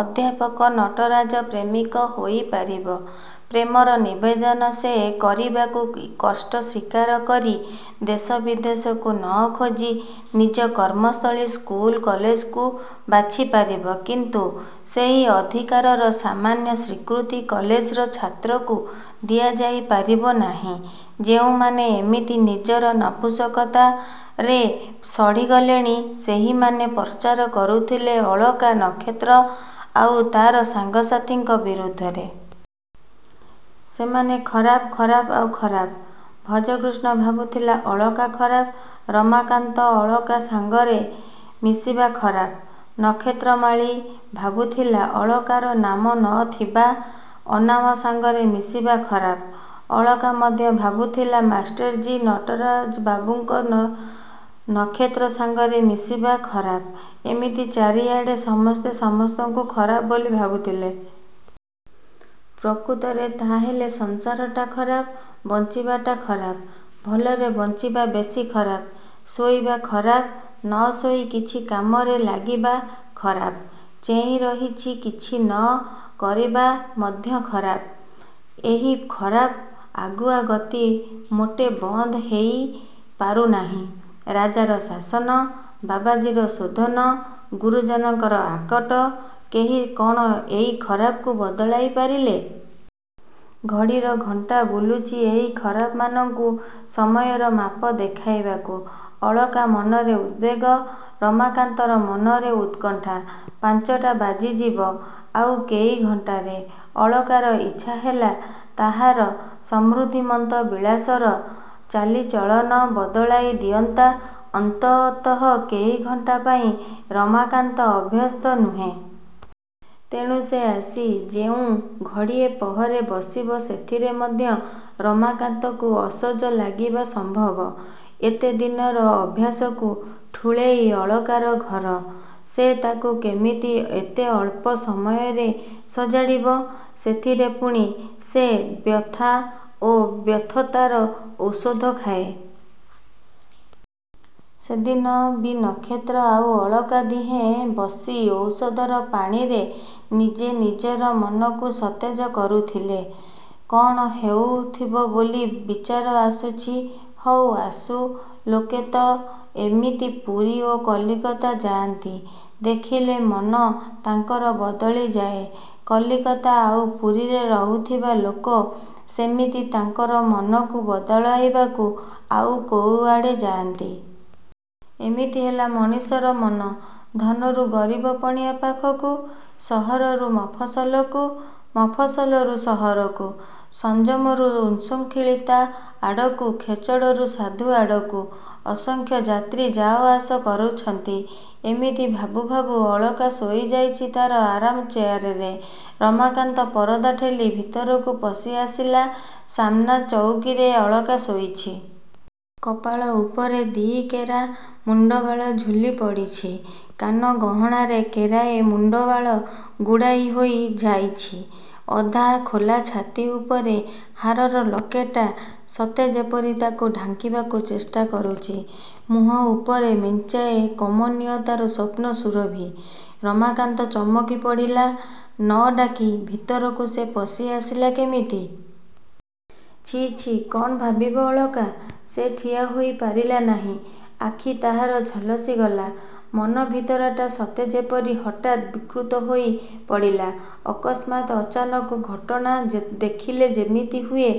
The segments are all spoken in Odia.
ଅଧ୍ୟାପକ ନଟରାଜ ପ୍ରେମିକ ହେଇ ପାରିବ। ପ୍ରେମର ନିବେଦନ ସେ କରିବାକୁ କଷ୍ଟ ସ୍ୱୀକାର କରି ଦେଶ ବିଦେଶକୁ ନ ଖୋଜି ନିଜର କର୍ମସ୍ଥଳୀ ସ୍କୁଲ କଲେଜକୁ ବାଛି ପାରିବ; କିନ୍ତୁ ସେହି ଅଧିକାରର ସାମାନ୍ୟ ସ୍ୱୀକୃତି କଲେଜର ଛାତ୍ରକୁ ଦିଆଯାଇ ପାରିବ ନାହିଁ। ଯେଉଁମାନେ ଏମିତି ନିଜର ନପୁଂସକତାରେ ସଢ଼ି ଗଲେଣି ସେହିମାନେ ପ୍ରଚାର କରୁଥିଲେ ଅଳକା, ନକ୍ଷତ୍ର ଆଉ ତାହାର ସାଙ୍ଗସାଥୀଙ୍କ ବିରୁଦ୍ଧରେ। ସେମାନେ ଖରାପ-ଖରାପ-ଆଉ ଖରାପ। ଭଜକୃଷ୍ଣ ଭାବୁଥିଲା-ଅଳକା ଖରାପ। ରମାକାନ୍ତର ଅଳକା ସାଙ୍ଗରେ ମିଶିବା ଖରାପ-। ନକ୍ଷତ୍ରମାଳୀ ଭାବୁଥିଲା-ଅଳକାର ନାମ ନ ଥିବା ଅନାମ ସାଙ୍ଗରେ ମିଶିବା ଖରାପ-। ଅଳକା ମଧ୍ୟ ଭାବୁଥିଲା-ମାଷ୍ଟରଜୀ ନଟରାଜବାବୁଙ୍କର ନକ୍ଷତ୍ର ସାଙ୍ଗରେ ମିଶିବା ଖରାପ। ଏମିତି ଚାରିଆଡ଼େ ସମସ୍ତେ ସମସ୍ତଙ୍କୁ ଖରାପ ବୋଲି ଭାବୁଥିଲେ। ପ୍ରକୃତରେ ତାହାହେଲେ ସଂସାରଟା ଖରାପ-ବଞ୍ଚିବାଟା ଖରାପ। ଭଲରେ ବଞ୍ଚିବା ବେଶି ଖରାପ। ଶୋଇବା ଖରାପ-ନ ଶୋଇ କିଛି କାମରେ ଲାଗିବା ଖରାପ। ଚେଇଁରହି କିଛି ନ କରିବା ମଧ୍ୟ ଖରାପ। ଏହି ଖରାପର ଆଗୁଆ ଗତି ମୋଟେ ବନ୍ଦ ହେଇ ପାରୁନାହିଁ। ରାଜାର ଶାସନ, ବାବାଜୀର ଶୋଧନ, ଗୁରୁଜନଙ୍କର ଆକଟ-କେହି କ'ଣ ଏଇ ଖରାପକୁ ବଦଳାଇ ପାରିଲେ? ଘଡ଼ିର କଣ୍ଟା ବୁଲୁଛି ଏହି ଖରାପମାନଙ୍କୁ ସମୟର ମାପ ଦେଖାଇବାକୁ। -ଅଳକା ମନରେ ଉଦ୍ବେଗ। -ରମାକାନ୍ତ ମନରେ ଉତ୍କଣ୍ଠା। ପାଞ୍ଚଟା ବାଜିଯିବ ଆଉ କେଇ ଘଣ୍ଟାରେ। ଅଳକାର ଇଚ୍ଛା ହେଲା ତାହାର ସମୃଦ୍ଧିମନ୍ତ ବିଳାସର ଚାଲିଚଳନ ବଦଳାଇ ଦିଅନ୍ତା-ଅନ୍ତତଃ କେଇ ଘଣ୍ଟା ପାଇଁ। ରମାକାନ୍ତ ଅଭ୍ୟସ୍ତ ନୁହେଁ। ତେଣୁ ସେ ଆସି ଯେଉଁ ଘଡ଼ିଏ ପହରେ ବସିବ ସେଥିରେ ମଧ୍ୟ ରମାକାନ୍ତକୁ ଅସଜ ଲାଗିବା ସମ୍ଭବ। ଏତେ ଦିନର ଅଭ୍ୟାସକୁ ଠୁଳେଇ ଅଳକାର ଘର। ସେ ତା'କୁ କେମିତି ଏତେ ଅଳ୍ପ ସମୟରେ ସଜାଡ଼ିବ? ସେଥିରେ ପୁଣି ସେ ବ୍ୟଥା ଓ ବ୍ୟର୍ଥତାର ଔଷଧ ଖାଏ। ସେଦିନ ବି ନକ୍ଷତ୍ର ଆଉ ଅଳକା ଦିହେଁ ବସି ଔଷଧର ପାଣିରେ ନିଜ ନିଜର ମନକୁ ସତେଜ କରିଥିଲେ। -କ'ଣ ଦେଖିବ ବୋଲି ବିଚରା ଆସୁଛି? -ହଉ, ଆସୁ। ଲୋକେ ତ ଏମିତି ପୁରୀ ଓ କଲିକତା ଯାଆନ୍ତି-ଦେଖିଲେ ମନ ତାଙ୍କର ବଦଳିଯାଏ। କଲିକତା ଆଉ ପୁରୀରେ ରହିବା ଲୋକ ସେମିତି ତାଙ୍କର ମନକୁ ବଦଳାଇବାକୁ ଆଉ କୁଆଡ଼େ ଯାଆନ୍ତି। ଏମିତି ହେଲା ମଣିଷର ମନ-ଧନରୁ ଗରିବ ପଣିଆ ପାଖକୁ-ସହରରୁ ମଫସଲକୁ-ମଫସଲରୁ ସହରକୁ-ସଂଯମରୁ ଉତ୍ସୃଙ୍ଖଳତା ଆଡ଼କୁ-ଖେଚଡ଼ରୁ ସାଧୁ ଆଡ଼କୁ-ଅସଂଖ୍ୟ ଯାତ୍ରୀ ଯା ଆସ କରୁଛନ୍ତି। ଏମିତି ଭାବୁ ଭାବୁ ଅଳକା ଶୋଇ ଯାଇଛି ତାହାର ଆରାମ ଚଉକୀରେ। ରମାକାନ୍ତ ପରଦା ଠେଲି ଭିତରକୁ ପଶି ଆସିଲା। ସାମନା ଚଉକୀରେ ଅଳକା ଶୋଇଛି। କପାଳ ଉପରେ ଦି'କେରା ମୁଣ୍ଡବାଳ ଝୁଲି ପଡ଼ିଛି। କାନ ଗହଣାରେ କେରାଏ ବାଳ ଗୁଡ଼େଇ ହେଇ ଯାଇଛି। ଅଧା ଖୋଲା ଛାତି ଉପରେ ହାରର ଲକେଟ୍ଟା ସତେ ଯେପରି ତାକୁ ଢାଙ୍କିବାକୁ ଚେଷ୍ଟା କରୁଛି। ମୁଁହ ଉପରେ ମେଞ୍ଚାଏ କମନୀୟତାର ସ୍ୱପ୍ନ-ସୁରଭି। ରମାକାନ୍ତ ଚମକି ପଡ଼ିଲା-ନ ଡାକି ଭିତରକୁ ସେ ପଶି ଆସିଲା କେମିତି? -ଛି, ଛି-କ'ଣ ଭାବିବ ଅଳକା? ସେ ଠିଆ ହୋଇ ପାରିଲା ନାହିଁ। ଆଖି ତାହାର ଝଲସିଗଲା। ମନ ଭିତରଟା ସତେ ଯେପରି ହଠାତ୍ ବିକ୍ଷୁବ୍ଧ ହୋଇ ପଡ଼ିଲା-ଅକସ୍ମାତ୍ ଅଚାନକ ଘଟଣା ଦେଖିଲେ ଯେମିତି ହୁଏ।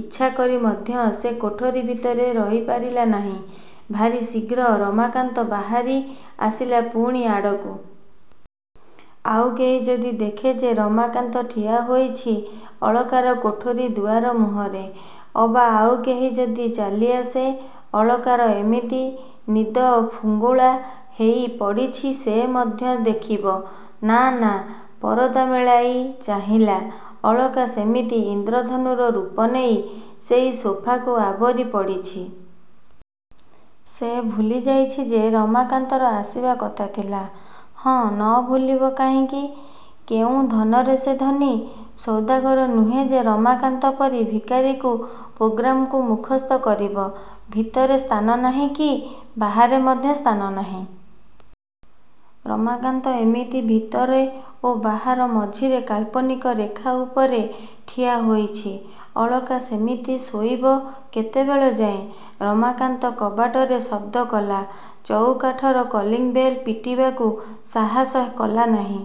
ଇଚ୍ଛାକରି ମଧ୍ୟ ସେ କୋଠରୀ ଭିତରେ ରହିପାରିଲା ନାହିଁ। ଭାରି ଶୀଘ୍ର ରମାକାନ୍ତ ବାହାରି ଆସିଲା-ପୁଣି ଅଡ଼ୁଆ। ଆଉ କିଏ ଯଦି ଦେଖେ ଯେ ରମାକାନ୍ତ ଠିଆ ହୋଇ ରହିଛି ଅଳକାର କୋଠରୀ ଦୁଆର ମୁହଁରେ। ଅବା ଆଉ କେହି ଯଦି ଚାଲିଆସେ-ଅଳକା ଏମିତି ନିଦ-ଫୁଙ୍ଗୁଳା ହେଇ ପଡ଼ିଛି-ସେ ମଧ୍ୟ ଦେଖିବ? -ନା-ନା। ପରଦା ମେଳାଇ ଚାହିଁଲା। ଅଳକା ସେମିତି ଇନ୍ଦ୍ରଧନୁର ରୂପ ନେଇ ସେଇ ସୋଫାକୁ ଆବୋରି ପଡ଼ି ରହିଛି। ସେ ଭୁଲି ଯାଇଛି ଯେ ରମାକାନ୍ତର ଆସିବା କଥା ଥିଲା ହଁ, ନ ଭୁଲିବ କାହିଁକି? କେଉଁ ଧନରେ ସେ ଧନୀ ସୌଦାଗର ନୁହେଁ ଯେ ରମାକାନ୍ତ ପରି ଭିକାରୀଙ୍କର ପ୍ରୋଗାମକୁ ମୁଖସ୍ଥ କରିବ? ଭିତରେ ସ୍ଥାନ ନାହିଁ। କି ବାହାରେ ମଧ୍ୟ ସ୍ଥାନ ନାହିଁ। ରମାକାନ୍ତ ଏମିତି ଭିତରେ ଓ ବାହାର ମଝିରେ କାଳ୍ପନିକ ରେଖା ଉପରେ ଠିଆ ହୋଇଛି। ଅଳକା ସେମିତି ଶୋଇବ କେତେବେଳ ଯାଏ? ରମାକାନ୍ତ କବାଟରେ ଶବ୍ଦ କଲା। ଚୌକାଠର କଲିଙ୍ଗ୍ ବେଲ୍ ଟିପିବାକୁ ସାହସ କଲା ନାହିଁ।